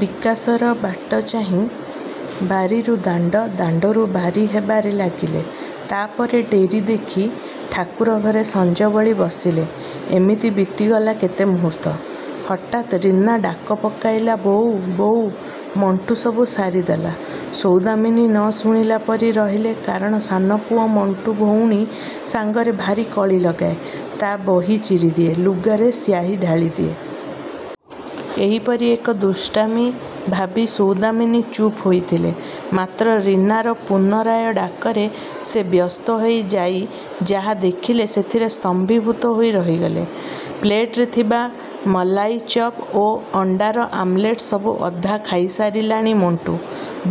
ବିକାଶର ବାଟଚାହିଁ ବାରିରୁ ଦାଣ୍ଡ, ଦାଣ୍ଡରୁ ବାରି ହେବାରେ ଲାଗିଲେ। ତାପରେ ଡେରି ଦେଖି ଠାକୁରଘରେ ସଞ୍ଜ ବଳି ବସିଲେ। ଏମିତି ବିତିଗଲା କେତେ ମୁହୂର୍ତ୍ତ। ହଠାତ୍ ରୀନା ଡାକ ପକାଇଲା ବୋଉ, ବୋଉ, ମଣ୍ଟୁ ସବୁ ସାରିଦେଲା। ସୌଦାମିନୀ ନ ଶୁଣିଲା ପରି ରହିଲେ କାରଣ ସାନ ପୁଅ ମଣ୍ଟୁ ଭଉଣୀ ସାଙ୍ଗରେ ଭାରି କଳି ଲଗାଏ, ତା ବହି ଚିରିଦିଏ, ଲୁଗାରେ ସ୍ୟାହି ଢାଳିଦିଏ। ଏହିପରି ଏକ ଦୁଷ୍ଟାମି ଭାବି ସୌଦାମିନୀ ଚୁପ୍ ହୋଇଥିଲେ। ମାତ୍ର ରିନାର ପୁନରାୟ ଡାକରେ ସେ ବ୍ୟସ୍ତହୋଇ ଯାଇ ଯାହା ଦେଖିଲେ ସେଥିରେ ସ୍ତମ୍ଭୀଭୂତ ହୋଇ ରହିଗଲେ। ପ୍ଲେଟରେ ଥିବା ମଲାଇଚପ୍ ଓ ଅଣ୍ଡାର ଆମଲେଟ ସବୁ ଅଧା ଖାଇସାରିଲାଣି ମଣ୍ଟୁ।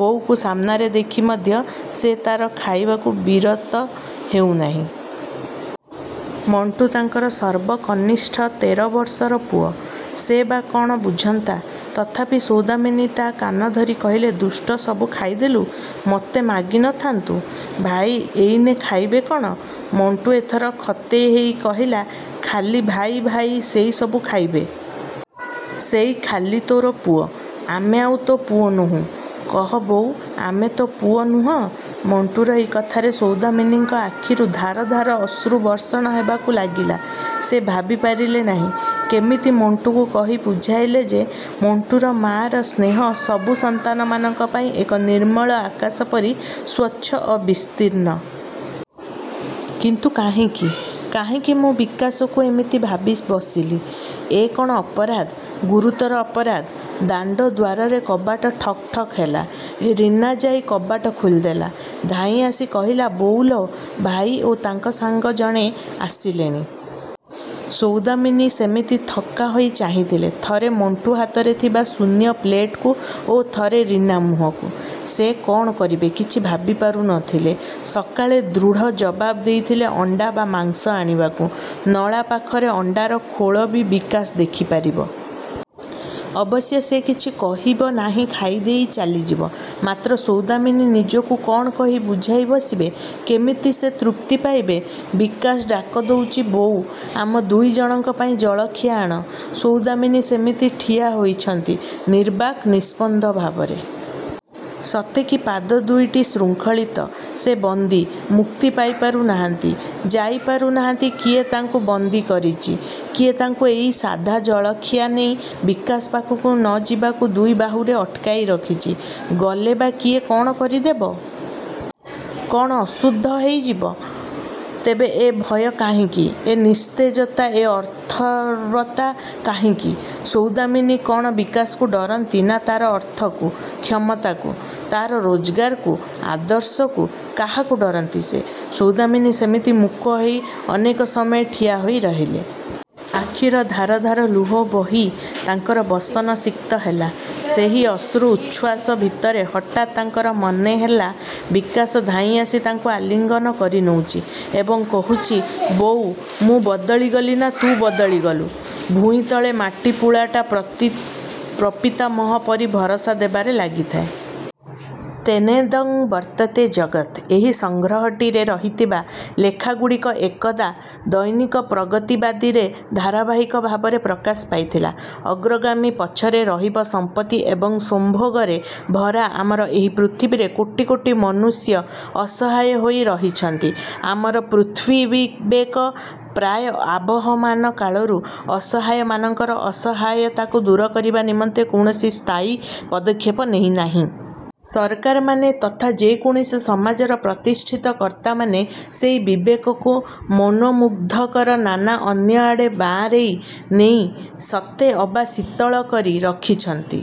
ବୋଉକୁ ସାମନାରେ ଦେଖି ମଧ୍ୟ ସେ ତାର ଖାଇବାରୁ ବିରତ ହେଉନାହିଁ। ମଣ୍ଟୁ ତାଙ୍କର ସର୍ବ କନିଷ୍ଠ ତେର ବର୍ଷର ପୁଅ। ସେ ବା କଣ ବୁଝନ୍ତା। ତଥାପି ସୌଦାମିନୀ ତା କାନଧରି କହିଲେ ଦୁଷ୍ଟ ସବୁ ଖାଇଦେଲୁ, ମୋତେ ମାଗି ନ ଥାନ୍ତୁ? ଭାଇ ଏଇନେ ଖାଇବେ କଣ? ମଣ୍ଟୁ ଏଥର ଖତେଇ ହେଇ କହିଲା, ଖାଲି ଭାଇ, ଭାଇ ସେଇ ସବୁ ଖାଇବେ। ସେଇ ଖାଲି ତୋର ପୁଅ। ଆମେ ଆଉ ତୋ ପୁଅ ନୋହୁଁ? କହ ବୋଉ, ଆମେ ତୋ ପୁଅ ନୁହଁ? ମଣ୍ଟୁର ଏହି କଥାରେ ସୌଦାମିନୀଙ୍କ ଆଖିରୁ ଧାର ଧାର ଅଶ୍ରୁ ବର୍ଷଣ ହେବାକୁ ଲାଗିଲା ସେ ଭାବିପାରିଲେ ନାହିଁ, କେମିତି ମଣ୍ଟୁକୁ କହି ବୁଝାଇଲେ ଯେ ମଣ୍ଟୁର ମାଆର ସ୍ନେହଁ ସବୁ ସନ୍ତାନମାନଙ୍କ ପାଇଁ ଏକ ନିର୍ମଳ ଆକାଶ ପରି ସ୍ୱଚ୍ଛ ଓ ବିସ୍ତୀର୍ଣ୍ଣ। କିନ୍ତୁ କାହିଁକି? କାହିଁକି ମୁଁ ବିକାଶକୁ ଏମିତି ଭାବି ବସିଲି। ଏ କଣ ଅପରାଧ? ଗୁରୁତର ଅପରାଧ? ଦାଣ୍ଡ ଦ୍ୱାରରେ କବାଟ ଠକ୍ ଠକ୍ ହେଲା। ରୀନା ଯାଇ କବାଟ ଖୋଲିଦେଲା। ଧାଇଁଆସି କହିଲା ବୋଉ ଲୋ, ଭାଇ ଓ ତାଙ୍କ ସାଙ୍ଗ ଜଣେ ଆସିଲେଣି। ସୌଦାମିନୀ ସେମିତି ଥକ୍କା ହୋଇ ଚାହିଁଥିଲେ ଥରେ ମଣ୍ଟୁ ହାତରେ ଥିବା ଶୂନ୍ୟ ପ୍ଲେଟକୁ ଓ ଥରେ ରୀନା ମୁହଁକୁ। ସେ କଣ କରିବେ କିଛି ଭାବିପାରୁ ନ ଥିଲେ। ସକାଳେ ଦୃଢ଼ ଜବାବ ଦେଇଥିଲେ ଅଣ୍ଡା ବା ମାଂସ ଆଣିବାକୁ। ନଳା ପାଖରେ ଅଣ୍ଡାର ଖୋଳ ବି ବିକାଶ ଦେଖିପାରିବ। ଅବଶ୍ୟ ସେ କିଛି କହିବ ନାହିଁ ଖାଇଦେଇ ଚାଲିଯିବ, ମାତ୍ର ସୌଦାମିନୀ ନିଜକୁ କଣ କହି ବୁଝାଇ ବସିବେ? କେମିତି ସେ ତୃପ୍ତି ପାଇବେ? ବିକାଶ ଡାକ ଦଉଚି ବୋଉ, ଆମ ଦୁଇ ଜଣଙ୍କ ପାଇଁ ଜଳଖିଆ ଆଣ। ସୌଦାମିନୀ ସେମିତି ଠିଆ ହୋଇଛନ୍ତି ନିର୍ବାକ୍, ନିସ୍ପନ୍ଦ ଭାବରେ। ସତେ କି ପାଦ ଦୁଇଟି ଶୃଙ୍ଖଳିତ। ସେ ବନ୍ଦୀ। ମୁକ୍ତି ପାଇପାରୁ ନାହାନ୍ତି, ଯାଇପାରୁନାହାନ୍ତି କିଏ ତାଙ୍କୁ ବନ୍ଦୀ କରିଚି? କିଏ ତାଙ୍କୁ ଏଇ ସାଧା ଜଳଖିଆ ନେଇ ବିକାଶ ପାଖକୁ ନ ଯିବାକୁ ଦୁଇ ବାହୁରେ ଅଟକାଇ ରଖିଚି? ଗଲେ ବା କିଏ କଣ କରିଦେବ? କଣ ଅଶୁଦ୍ଧ ହେଇଯିବ? ତେବେ ଏ ଭୟ କାହିଁକି? ଏ ନିସ୍ତେଜତା, ଏ ଅଥର୍ବତା କାହିଁକି? ସୌଦାମିନୀ କଣ ବିକାଶକୁ ଡରନ୍ତି ନା ତାର ଅର୍ଥକୁ, କ୍ଷମତାକୁ? ତାର ରୋଜଗାରକୁ? ଆଦର୍ଶକୁ? କାହାକୁ ଡରନ୍ତି ସେ? ସୌଦାମିନୀ ସେମିତି ମୂକ ହେଇ ଅନେକ ସମୟ ଠିଆ ହୋଇ ରହିଲେ। ଆଖିର ଧାର ଧାର ଲୁହ ବୋହି ତାଙ୍କର ବସନ ସିକ୍ତ ହେଲା। ସେହି ଅଶ୍ରୁ ଉଚ୍ଛ୍ୱାସ ଭିତରେ ହଠାତ୍ ତାଙ୍କର ମନେହେଲା ବିକାଶ ଧାଇଁଆସି ତାଙ୍କୁ ଆଲିଙ୍ଗନ କରିନଉଚି ଏବଂ କହୁଛି ବୋଉ, ମୁଁ ବଦଳିଗଲି ନା ତୁ ବଦଳି ଗଲୁ? ଭୂଇଁତଳେ ମାଟି ପୁଳାଟା ପ୍ରପିତାମହ ପରି ଭରସା ଦେବାରେ ଲାଗିଥାଏ। ତେନେଦଂ ବର୍ତ୍ତତେ ଜଗତ୍। ଏହି ସଂଗ୍ରହଟିରେ ରହିଥିବା ଲେଖାଗୁଡ଼ିକ ଏକଦା ଦୈନିକ ପ୍ରଗତିବାଦୀ ରେ ଧାରାବାହିକ ଭାବରେ ପ୍ରକାଶ ପାଇଥିଲା। ଅଗ୍ରଗାମୀ ପଛରେ ରହିବ ସମ୍ପତ୍ତି ଏବଂ ସମ୍ଭୋଗରେ ଭରା ଆମର ଏହି ପୃଥିବୀରେ କୋଟି କୋଟି ମନୁଷ୍ୟ ଅସହାୟ ହୋଇ ରହିଛନ୍ତି। ଆମର ପୃଥ୍ୱୀବିବେକ ପ୍ରାୟ ଆବହମାନ କାଳରୁ ଅସହାୟମାନଙ୍କର ଅସହାୟତାକୁ ଦୂର କରିବା ନିମନ୍ତେ କୌଣସି ସ୍ଥାୟୀ ପଦକ୍ଷେପ ନେଇନାହିଁ। ସରକାରମାନେ ତଥା ଯେକୌଣସି ସମାଜର ପ୍ରତିଷ୍ଠିତ କର୍ତ୍ତାମାନେ ସେହି ବିବେକକୁ ମନୋମୁଗ୍ଧକର ନାନା ଅନ୍ୟଆଡ଼େ ବାଆଁରେଇ ନେଇ ସତେ ଅବା ଶୀତଳ କରି ରଖିଛନ୍ତି।